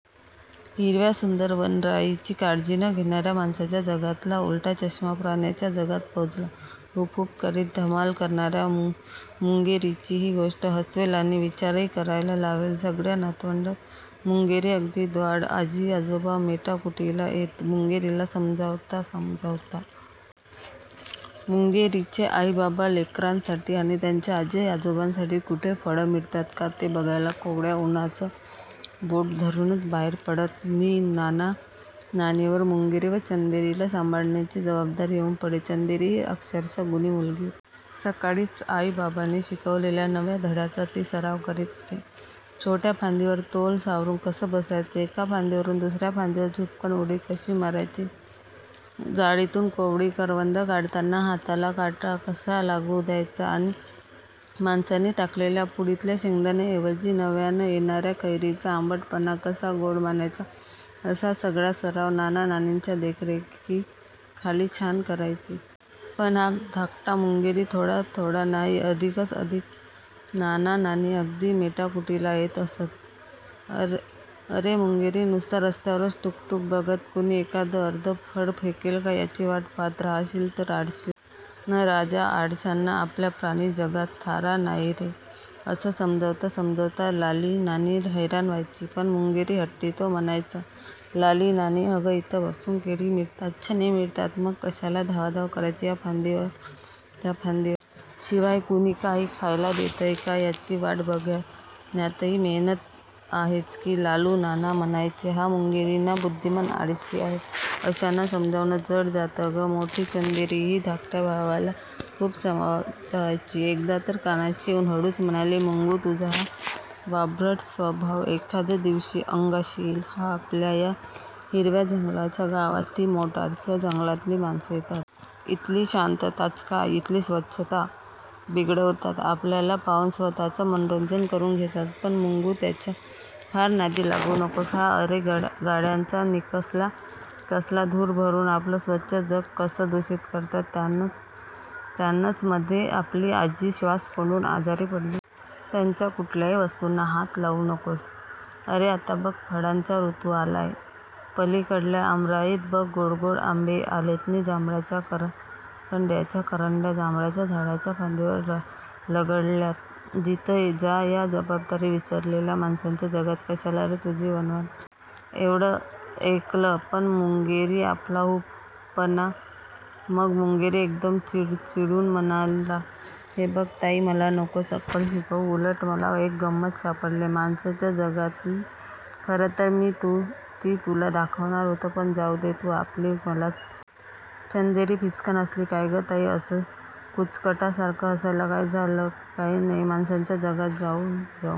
हिरव्या सुंदर वनराईची काळजी न घेणाऱ्या माणसाच्या जगातला उलटा चष्मा प्राण्यांच्या जगात पोहोचला. हुप्प हुप्प करीत धमाल करणाऱ्या मुंगेरीची ही गोष्ट. हसवेल आणि विचारही करायला लावेल- सगळ्या नातवंडात मुंगेरी अगदी द्वाड! आजी-आजोबा मेटाकुटीला येत मुंगेरीला समजावता समजावता. मुंगेरीचे आई-बाबा लेकरांसाठी आणि त्यांच्या आजी-आजोबांसाठी कुठे फळं मिळतात का ते बघायला कोवळ्या उन्हाचं बोट धरूनच बाहेर पडत नि नाना-नानींवर मुंगेरी व चंदेरीला सांभाळण्याची जबाबदारी येऊन पडे. चंदेरी ही अक्षरशः गुणी मुलगी होती. सक्काळीच आई-बाबांनी शिकवलेल्या नव्या धड्याचा ती सराव करीत असे. छोट्या फांदीवर तोल सावरून कसं बसायचं, एका फांदीवरून दुस-या फांदीवर झुपकन् उडी कशी मारायची, जाळीतून कोवळी करवंद काढताना हाताला काटा कसा लागू द्यायचा नाही; माणसांनी टाकलेल्या पुडीतल्या शेंगदाण्याऐंवजी –नव्यानं येणा-या कैरीचा आंबटपणा कसा गोड मानायचा असा सगळा सराव नाना-नानींच्या देखरेखीखाली छान करायची. पण हा धाकटा मुंगेरी- थोडा-थोडा नाही अधिकंच 'अधिक'! नाना-नानी अगदी मेटाकुटीला येत असत. 'अरे, मुंगेरी नुसता रस्त्यावरच टुक् टुक् बघत, कुणी एखादं अर्ध फळ फेकेल का, याची वाट पहात रहाशील तर आळशी होशील. न् राजा, आळशांना आपल्या प्राणी जगात थारा नाही रे! ' असं समजावता समजावता लालीनानी हैराण व्हायची. पण मुंगेरी हट्टी- तो म्हणायचा, 'लाली नानी, अगं, इथं बसून केळी मिळतात, चणे मिळतात, मग कशाला धावाधाव करायची- या फांदीवरून त्या फांदीवर? शिवाय कुणी काही खायला देतंय का याची वाट बघण्यातही मेहनत आहेच की! ' लालू नाना म्हणायचे,'हा-मुंगेरी ना, बुद्धिमान आळशी आहे, अशांना समजावणं जड जातं गं! ' मोठी चंदेरीही धाकट्या भावाला खूप समजावायची. एकदा तर कानाशी येऊन हळूच म्हणाली, 'मुंगू, तुझा हा वाभ्रट स्वभाव एखाद दिवशी अंगाशी येईल हां, आपल्या या हिरव्या जंगलाच्या गावात -ती मोटारच्या जंगलातली माणसं येतात. इथली शांतताच काय, इथली स्वच्छता बिघडवतात. आपल्याला पाहून स्वत:चं मनोरंजन करून घेतात; पण मुंगू, त्यांच्या फार नादी लागू नकोस हां- अरे गाड्यांचा नि कसला कसला धूर भरून आपलं स्वच्छ जग कसं दुषित करतात; त्यानंच मध्ये आपली आजी श्वास कोंडून आजारी पडली होती. त्यांच्या कुठल्याही वस्तूंना हात लावू नकोस; अरे, आता बघ फळांचा ऋतू आलाय; पलीकडल्या आमराईत बघ गोडगोड आंबे आलेत नि जांभळाच्या करंड्याच्या करंड्या- जांभळाच्या झाडाच्या फांदीवर लगडल्यात; तिथं जा. या जबाबदारी विसरलेल्या माणसांच्या जगात कशाला रे – तुझी वणवण-! ' एवढं ऐकलं, पण मुंगेरी आपला 'हुप्प! ' पण मग मुंगेरी एकदम चिडचिडून म्हणाला, 'हे बघ ताई, मला नकोस अक्कल शिकवू! उलट मला एक गम्मत सापडलेय्- माणसाच्या जगातली. खरं तर मी ती तुला दाखवणारं होतो; पण जाऊ दे, तू आपली मलाच 'पकवणार! ' चंदेरी फिस्सकन हसली. 'काय गं ताई, असं कुचकटासारखं हसायला काय झालं? ' 'काही नाही– माणसांच्या जगात जाऊन जाऊन